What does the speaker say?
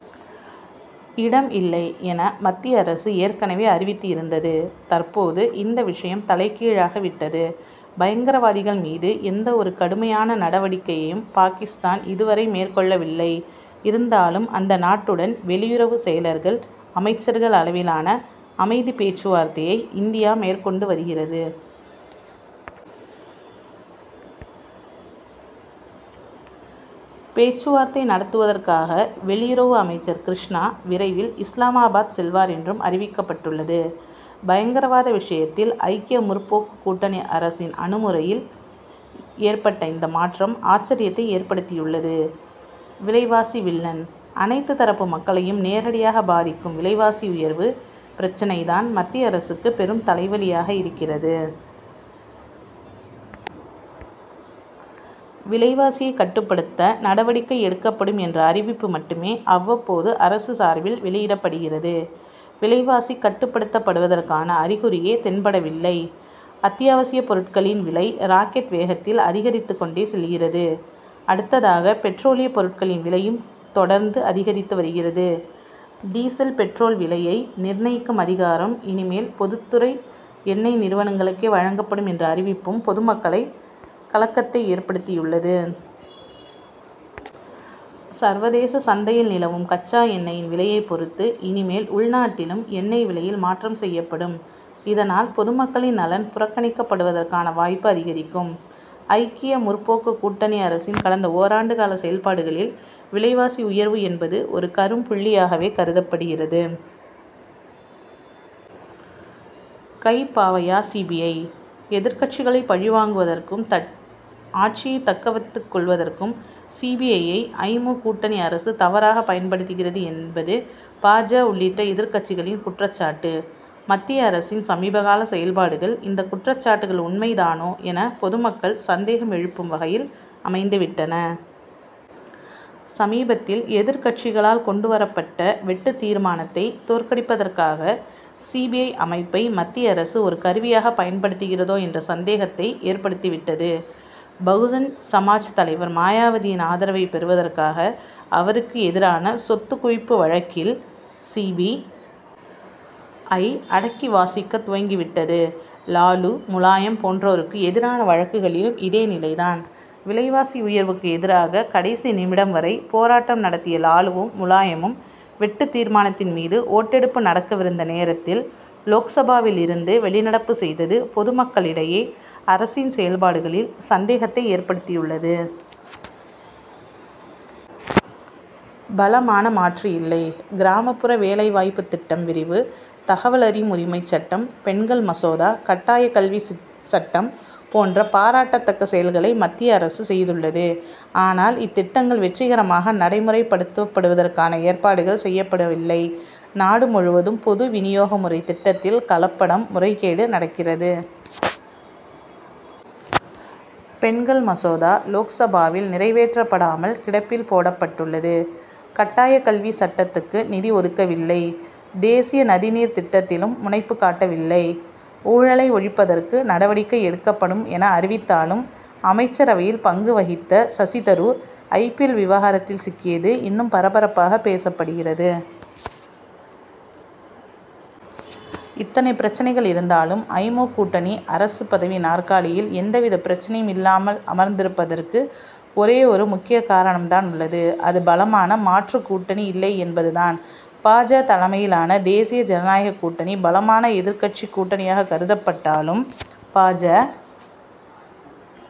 இடம் இல்லை'என, மத்திய அரசு ஏற்கனவே அறிவித்து இருந்தது. தற்போது இந்த விஷயம் தலைகீழாக விட்டது. பயங்கரவாதிகள் மீது எந்த ஒரு கடுமையான நடவடிக்கையையும் பாகிஸ்தான் இதுவரை மேற்கொள்ளவில்லை. இருந்தாலும், அந்த நாட்டுடன் வெளியுறவு செயலர்கள், அமைச்சர்கள் அளவிலான அமைதி பேச்சுவார்த்தையை இந்தியா மேற்கொண்டு வருகிறது. பேச்சுவார்த்தை நடத்துவதற்காக வெளியுறவு அமைச்சர் கிருஷ்ணா, விரைவில் இஸ்லாமாபாத் செல்வார் என்றும் அறிவிக்கப்பட்டுள்ளது. பயங்கரவாத விஷயத்தில் ஐக்கிய முற்போக்கு கூட்டணி அரசின் அணுமுறையில் ஏற்பட்ட இந்த மாற்றம், ஆச்சர்யத்தை ஏற்படுத்தியுள்ளது. விலைவாசி வில்லன்: அனைத்து தரப்பு மக்களையும் நேரடியாக பாதிக்கும் விலைவாசி உயர்வு பிரச்னை தான், மத்திய அரசுக்கு பெரும் தலைவலியாக இருக்கிறது. விலைவாசியை கட்டுப்படுத்த நடவடிக்கை எடுக்கப்படும் என்ற அறிவிப்பு மட்டுமே, அவ்வப்போது அரசு சார்பில் வெளியிடப்படுகிறது. விலைவாசி கட்டுப்படுத்தப் படுவதற்கான அறிகுறியே தென்படவில்லை. அத்தியாவசியப் பொருட்களின் விலை ராக்கெட் வேகத்தில் அதிகரித்துக் கொண்டே செல்கிறது. அடுத்ததாக, பெட்ரோலிய பொருட்களின் விலையும் தொடர்ந்து அதிகரித்து வருகிறது. டீசல், பெட்ரோல் விலையை நிர்ணயிக்கும் அதிகாரம், இனிமேல் பொதுத் துறை எண்ணெய் நிறுவனங்களுக்கே வழங்கப்படும் என்ற அறிவிப்பும், பொதுமக்களுக்கு கலக்கத்தை ஏற்படுத்தியுள்ளது. சர்வதேச சந்தையில் நிலவும் கச்சா எண்ணெயின் விலையை பொறுத்து, இனிமேல் உள்நாட்டிலும் எண்ணெய் விலையில் மாற்றம் செய்யப்படும். இதனால், பொதுமக்களின் நலன் புறக்கணிக்கப்படுவதற்கான வாய்ப்பு அதிகரிக்கும். ஐக்கிய முற்போக்கு கூட்டணி அரசின் கடந்த ஓராண்டு கால செயல்பாடுகளில், விலைவாசி உயர்வு என்பது ஒரு கரும்புள்ளியாகவே கருதப்படுகிறது. கைப்பாவையா சி. பி. ஐ.,? எதிர்க்கட்சிகளை பழி வாங்குவதற்கும், ஆட்சியை தக்க வைத்துக் கொள்வதற்கும் சி. பி. ஐ.,யை ஐ. மு., கூட்டணி அரசு தவறாக பயன்படுத்துகிறது'என்பது பா. ஜ., உள்ளிட்ட எதிர்க்கட்சிகளின் குற்றச் சாட்டு. மத்திய அரசின் சமீபகால செயல்பாடுகள், இந்த குற்றச்சாட்டுகள் உண்மைதானோ என, பொதுமக்கள் சந்தேகம் எழுப்பும் வகையில் அமைந்து விட்டன. சமீபத்தில் எதிர்க்கட்சிகளால் கொண்டு வரப்பட்ட வெட்டுத் தீர்மானத்தை தோற்கடிப்பதற்காக, சி. பி. ஐ., அமைப்பை மத்திய அரசு ஒரு கருவியாக பயன்படுத்துகிறதோ என்ற சந்தேகத்தை ஏற்படுத்தி விட்டது. பகுஜன் சமாஜ் தலைவர் மாயாவதியின் ஆதரவை பெறுவதற்காக, அவருக்கு எதிரான சொத்துக் குவிப்பு வழக்கில் சி. பி. ஐ., அடக்கி வாசிக்கத் துவங்கி விட்டது. லாலு, முலாயம் போன்றோருக்கு எதிரான வழக்குகளிலும் இதே நிலை தான். விலைவாசி உயர்வுக்கு எதிராக கடைசி நிமிடம் வரை, போராட்டம் நடத்திய லாலுவும், முலாயமும், வெட்டுத் தீர்மானத்தின் மீது ஓட்டெடுப்பு நடக்கவிருந்த நேரத்தில் லோக்சபாவில் இருந்து வெளிநடப்பு செய்தது, பொதுமக்களிடையே அரசின் செயல்பாடுகளில் சந்தேகத்தை ஏற்படுத்தியுள்ளது. பலமான மாற்று இல்லை: கிராமப்புற வேலை வாய்ப்பு திட்டம் விரிவு, தகவல் அறியும் உரிமைச் சட்டம், பெண்கள் மசோதா, கட்டாய கல்வி சட்டம் போன்ற பாராட்டத் தக்க செயல்களை மத்திய அரசு செய்துள்ளது. ஆனால், இத்திட்டங்கள் வெற்றிகரமாக நடைமுறைப்படுத்துவதற்கான ஏற்பாடுகள் செய்யப்படவில்லை. நாடு முழுவதும் பொது வினியோக முறை திட்டத்தில் கலப்படம், முறைகேடு நடக்கிறது. பெண்கள் மசோதா லோக்சபாவில் நிறைவேற்றப்படாமல் கிடப்பில் போடபட்டுள்ளது. கட்டாய கல்வி சட்டத்துக்கு நிதி ஒதுக்கவில்லை. தேசிய நதி நீர் திட்டத்திலும் முனைப்பு காட்டவில்லை. ஊழலை ஒழிப்பதற்கு நடவடிக்கை எடுக்கப்படும் என, அறிவித்தாலும், அமைச்சரவையில் பங்கு வகித்த Shashi Tharoor, I. P. L., விவகாரத்தில் சிக்கியது இன்னும் பரபரப்பாக பேசப்படுகிறது. இத்தனை பிரச்னைகள் இருந்தாலும், ஐ. மு., கூட்டணி அரசு பதவி நாற்காலியில் எந்த வித பிரச்னையும் இல்லாமல் அமர்ந்திருப்பதற்கு ஒரே ஒரு முக்கிய காரணம் தான் உள்ளது. அது பலமான மாற்று கூட்டணி இல்லை என்பது தான். பா. ஜ., தலைமையிலான தேசிய ஜனநாயக கூட்டணி பலமான எதிர்க்கட்சி கூட்டணியாக கருதப்பட்டாலும், பா. ஜ.